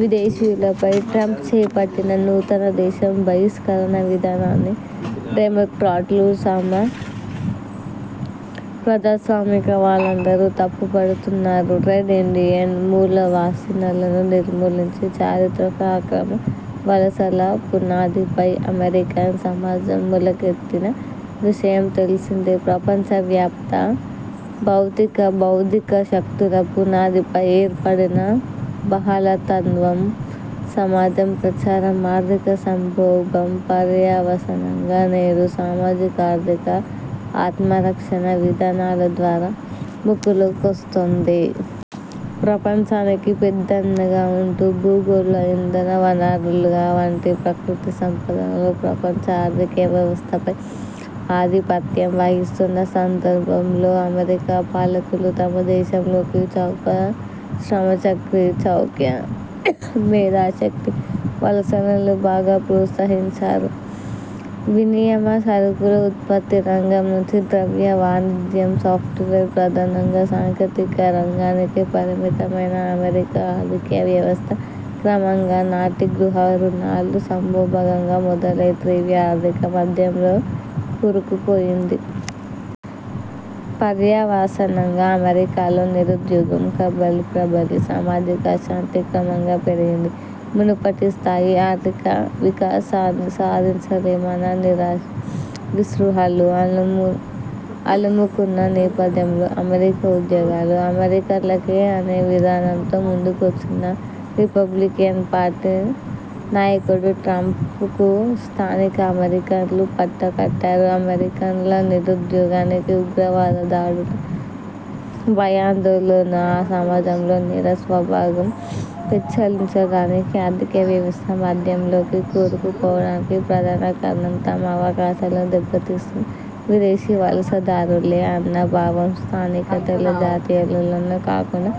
విదేశీయులపై Trump చేపట్టిన నూతన దేశ బహిష్కరణ విధానాన్ని డెమోక్రాట్లు సహా ప్రజాస్వామికవాదులందరూ తప్పుపడుతున్నారు. రెడ్ ఇండియన్ మూలవాసీలను నిర్మూలించి, చారిత్రక అక్రమ వలసల పునాదిపై అమెరికన్ సమాజం మొలకెత్తిన విషయం తెలిసిందే. ప్రపంచవ్యాప్త భౌతిక, బౌద్ధిక శక్తుల పునాదిపై ఏర్పడిన బహళత్వం సమాజం ప్రపంచ ఆర్థిక సంక్షోభం పర్యవసానంగా నేడు సామాజికార్థిక ఆత్మరక్షణ విధానాల ద్వారా ముకుళిస్తోంది. ప్రపంచానికి పెద్దన్నగా ఉంటూ భూగోళ ఇంధనవనరుల వంటి ప్రకృతి సంపదలు, ప్రపంచ ఆర్థిక వ్యవస్థపై ఆధిపత్యం వహిస్తున్న సందర్భంలో అమెరికా పాలకులు తమ దేశంలోకి చౌక శ్రమశక్తి, చౌక మేధాశక్తి వలసలను బాగా ప్రోత్సహించారు. వినిమయ సరుకుల ఉత్పత్తి రంగం నుంచి ద్రవ్య వాణిజ్యం, సాఫ్ట్వేర్ ప్రధానంగా సాంకేతిక రంగానికే పరిమితమైన ఆమెరికా ఆర్థిక వ్యవస్థ క్రమంగా నాటి గృహ రుణాల సంక్షోభంతో మొదలై తీవ్ర ఆర్థిక మాంద్యంలో కూరుకుపోయింది. పర్యవసానంగా అమెరికాలో నిరుద్యోగం ప్రబలి సామాజిక అశాంతి క్రమంగా పెరిగింది. మునుపటి స్థాయి ఆర్థిక వికాసాన్ని సాధించలేమన్న నిరాశా నిస్పృహలు అలుముకున్న నేపథ్యంలో అమెరికా ఉద్యోగాలు 'అమెరికన్లకే అనే నినాదంతో ముందుకొచ్చిన' రిపబ్లికన్ పార్టీ నాయకుడు ట్రంప్కు స్థానిక అమెరికన్లు పట్టం కట్టారు. అమెరికన్ల నిరుద్యోగానికి, ఉగ్రవాద దాడుల భయాందోళనలా ఆ సమాజంలో నేర స్వభావం పెచ్చరిల్లడానికి, ఆర్థిక వ్యవస్థ మాంద్యంలోకి కూరుకుపోవడానికి ప్రధాన కారణం తమ అవకాశాలను దెబ్బతీస్తున్న విదేశీ వలసదారులే అన్న భావం స్థానిక తెల్ల జాతీయులలోనే కాకుండా,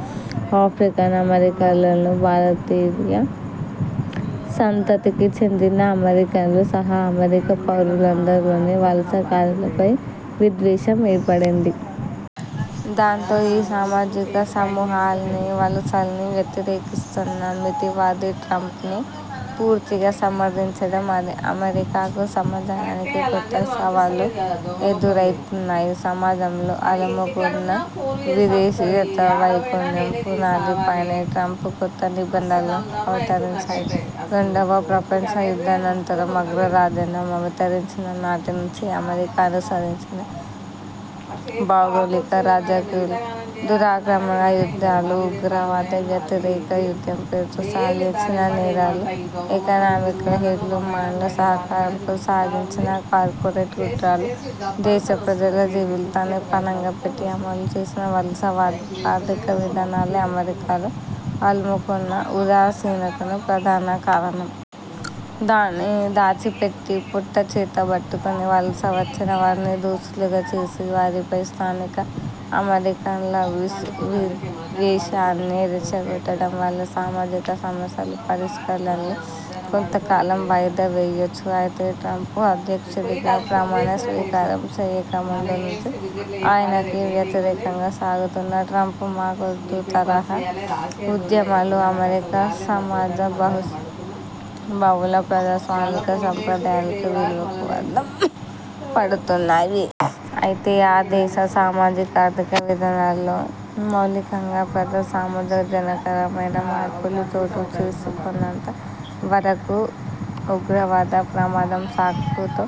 ఆఫ్రికన్ అమెరికన్లలోనూ, భారతీయ సంతతికి చెందిన అమెరికన్లు సహా అమెరికా పౌరులందరిలోనూ వలసకారులపై విద్వేషం ఏర్పడింది. దాంతో ఈ సామాజిక సమూహాలన్నీ వలసల్ని వ్యతిరేకిస్తున్న మితవాది ట్రంప్ను పూర్తిగా సమర్థించడం అమెరికా సమాజానికి కొత్త సవాళ్ళు ఎదురైనాయి. సమాజంలో అలుముకున్న విదేశీయతా వైముఖ్యం పునాదిపైనే ట్రంప్ కొత్త నిబంధనలు అవతరించాయి. రెండవ ప్రపంచ యుద్ధానంతరం అగ్రరాజ్యంగా అవతరించిన నాటి నుంచి అమెరికా అనుసరించిన భౌగోళిక రాజకీయాలు, దురాక్రమణ యుద్ధాలు, ఉగ్రవాద వ్యతిరేక యుద్ధం పేరుతో సాగించిన నేరాలు, ఎకనామిక్ హిట్ మాన్ల సహకారంతో సాగించిన కార్పొరేట్ కుట్రలు, దేశ ప్రజల జీవితాల్ని పణంగా పెట్టి అమలు చేసిన వలసవాద ఆర్థిక విధానాలే అమెరికాలో అలుముకున్న ఉదాసీనతకు ప్రధాన కారణం. దాన్ని దాచిపెట్టి పొట్టచేతబట్టుకుని వలస వచ్చినవారిని దోషులుగా చేసి, వారిపైకి స్థానిక అమెరికన్ల విద్వేషాన్ని రెచ్చగొట్టడం వల్ల సామాజిక సమస్యల పరిష్కారాల్ని కొంతకాలం వాయిదా వేయొచ్చు. అయితే ట్రంప్ అధ్యక్షుడిగా ప్రమాణ స్వీకారం చేయక ముందు నుంచి ఆయనకు వ్యతిరేకంగా సాగుతున్న 'ట్రంప్ మా కొద్దు' తరహా ఉద్యమాలు అమెరికా సమాజ బహుళ ప్రజాస్వామిక సాంప్రదాయాలకు, విలువలకు అద్దం పడుతున్నాయి. అయితే ఆ దేశ సామాజికార్థిక విధానాల్లో మౌలికంగా ప్రజా ప్రయోజనకరమైన మార్పులు చోటు చేసుకోనంత వరకు ఉగ్రవాద ప్రమాదం సాకుతో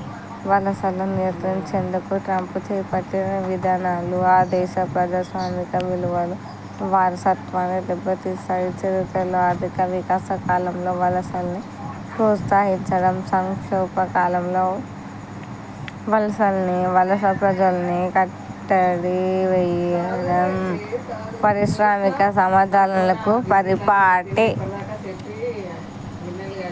వలసల నియంత్రించేందుకు ట్రంప్ చేపట్టిన విధానాలు ఆ దేశ ప్రజాస్వామిక విలువల వారసత్వాన్ని దెబ్బతీస్తాయి. చరిత్రలో ఆర్థిక వికాస కాలంలో వలసల్ని ప్రోత్సహించడం, సంక్షోభ కాలంలో వలసల్ని, వలస ప్రజల్ని కట్టడి వేయడం పారిశ్రామిక సమాజాలకు పరిపాటే.